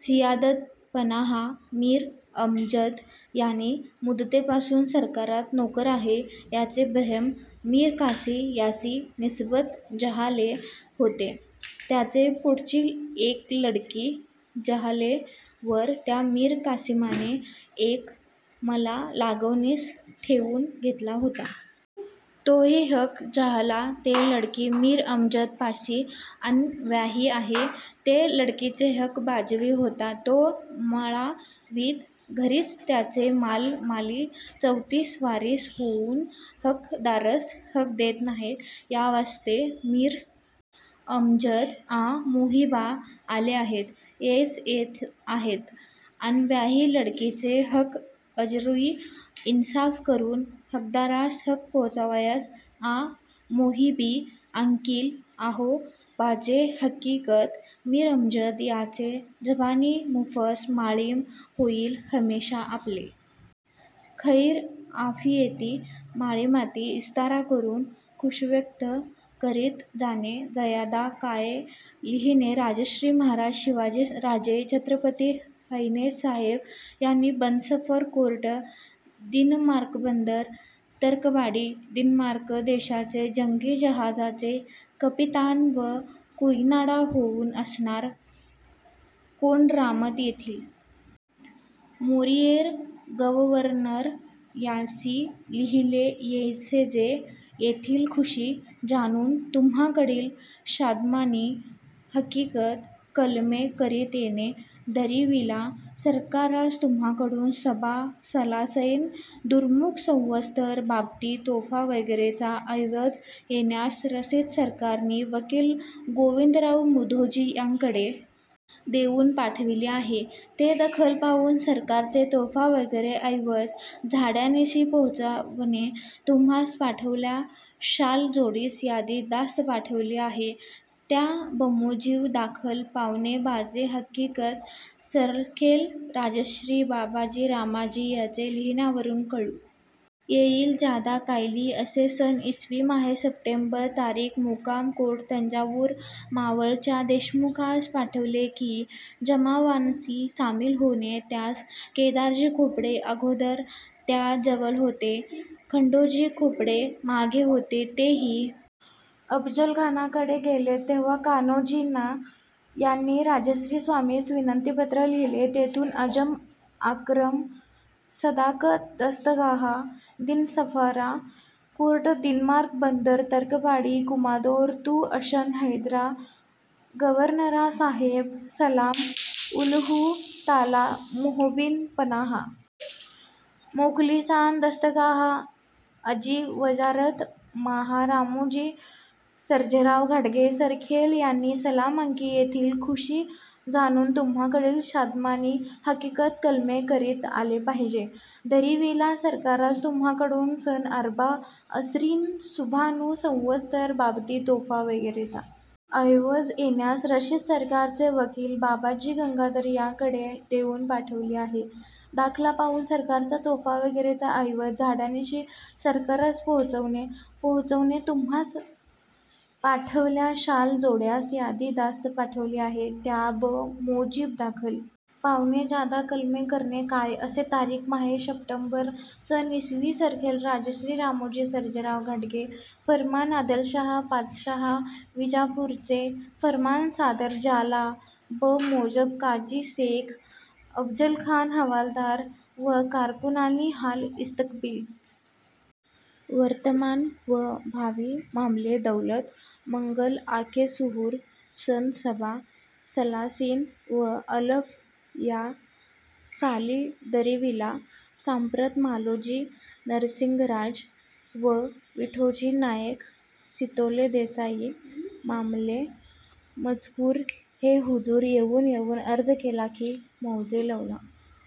सियादत पनाहा मीर अमजद यानी मुदते पासून सरकारात नोकर आहे याचे बहण मीर कासी यासी निसबत जाहाले होते त्याचे पोटची येक लडकी जाहले वर त्या मीर कासीमाने येक मला लावगणीस ठेऊन घेतला होता तोही हक जाहला ते लडकी मीर अमजद पासी आन व्याही आहे ते लडकीचे हक वाजबी होता तो मळा वीत घरीच त्याचे माल माली चौतीस वारीस होऊन हक दारास हक देत नाहीत यावास्ते मीर अमजद आं मोहीबा आले आहेत यैस येथ आहेत आन व्याही लडकीचे हक अजरुई इनसाफ करून हकदारास हक पोहचावयास आं मोहीबी आंकील आहेो बाजे हकिकत मीर अमजद याचे जबानी मुफस माळीम होईल हमेषा आपले खैर आफियेती माळीमाती ईस्तारा करून खुशवख्त करीत जाणे जयादा काये लिहीणे राजश्री महाराज शिवाजीराजे छत्रपती हैनेस साहेब यानी बनसफर कोर्ट दिनमार्कबंदर तर्कबाडी दिनमार्क देशाचे जंगी जहाजाचे कपीतान व कुईनाडा होऊन असणार कोनरामत येथील मोरीयेर गववरनर यांसी लिहीले यैसेजे येथील खुषी जानुन तुम्हाकडील षादमानी हकिकत कलमे करीत येणे दरीवीला सरकारास तुम्हाकडुन सबा सलासैन दुर्मुख संवत्सर बाबती तोफा वगैरेचा अैवज येण्यास रसीद सरकार नि वकील गोविंदराव मुधोजी यांकडे देऊन पाठवीली आहे ते दखल पाऊन सरकारचे तोफा वगैरे अैवज झाड्यानीसी पोहचावणे तुम्हास पाठविल्या शाल जोडीस यादी दास्त पाठवीली आहे त्या बमोजिब दाखल पावणे बाजे हकिकत सरखेल राजश्री बाबाजी रामाजी याचे लिहीण्यावरून कळू येईल ज्यादा काय ली असे सन ईसवी माहे सेपटबर तारिख मोकाम कोट तंजावूर मावळच्या देशमुखांस पाठविले की जमावानसी सामील होणे त्यास केदारजी खोपडे अगोधर त्या जवल होते खंडोजी खोपडे मागे होते ते ही अफजलखानाकडे गेले तेव्हा कान्होजी नाा याणी राजश्री स्वामीस विनती पत्र लिहिले तेथुन अजम आकरम सदाकत दस्तगाहा दीनसफरा कोर्ट दिनमार्क बंदर तर्कबाडी कुमादोर तु अशन हैदरा गवरनरा साहेब सलाम उल हू ताला मोहबीन पनाहा मोखलीसान दस्तगाह अजी वजारत माहा रामोजी सरजेराव घाटके सरखेल यांनी सलाम आंकी येथील खुषी जाणुन तुम्हाकडील षादमानी हकिकत कलमे करीत आले पाहिजे दरीवीला सरकारास तुम्हाकडून सन आर्बा असरीन सुभानू संवत्सर बाबती तोफा वगैरेचा यैवज येण्यास रसिद सरकारचे वकील बाबाजी गंगाधर याकडे देऊन पाठविली आहे दाखला पाऊन सरकारचा तोफा वगैरेचा यैवज झाड्यानीसी सरकारास पोहचावणे पोहचावणे तुम्हास पाठविल्या शाल जोड्यास यादी दास्त पाठविली आहे त्या ब मोजिब दाखल पावणे ज्यादा कलमे करने काय असे तारिख माहे शपटंबर सन ईसवी सरखेल राजश्री रामोजी सर्जेराव घाटके फर्मान आदलशाहा पातशाहा विजापूरचे फर्मान सादर जाला ब मोजब काजी सेख अबजलखान हवालदार व कारकुनानी हाल इस्तकबील वर्तमान व भावी मामले दौलत मंगल आके सुहूर सन सबा सलासीन व अलफ या साली दरिवीला सांप्रत मालोजी नरसिंगराज व विठोजी नायेक सितोले देसाई मामले मजकूर हे हुजूर येऊन येऊन अर्ज केला की मौजे लवला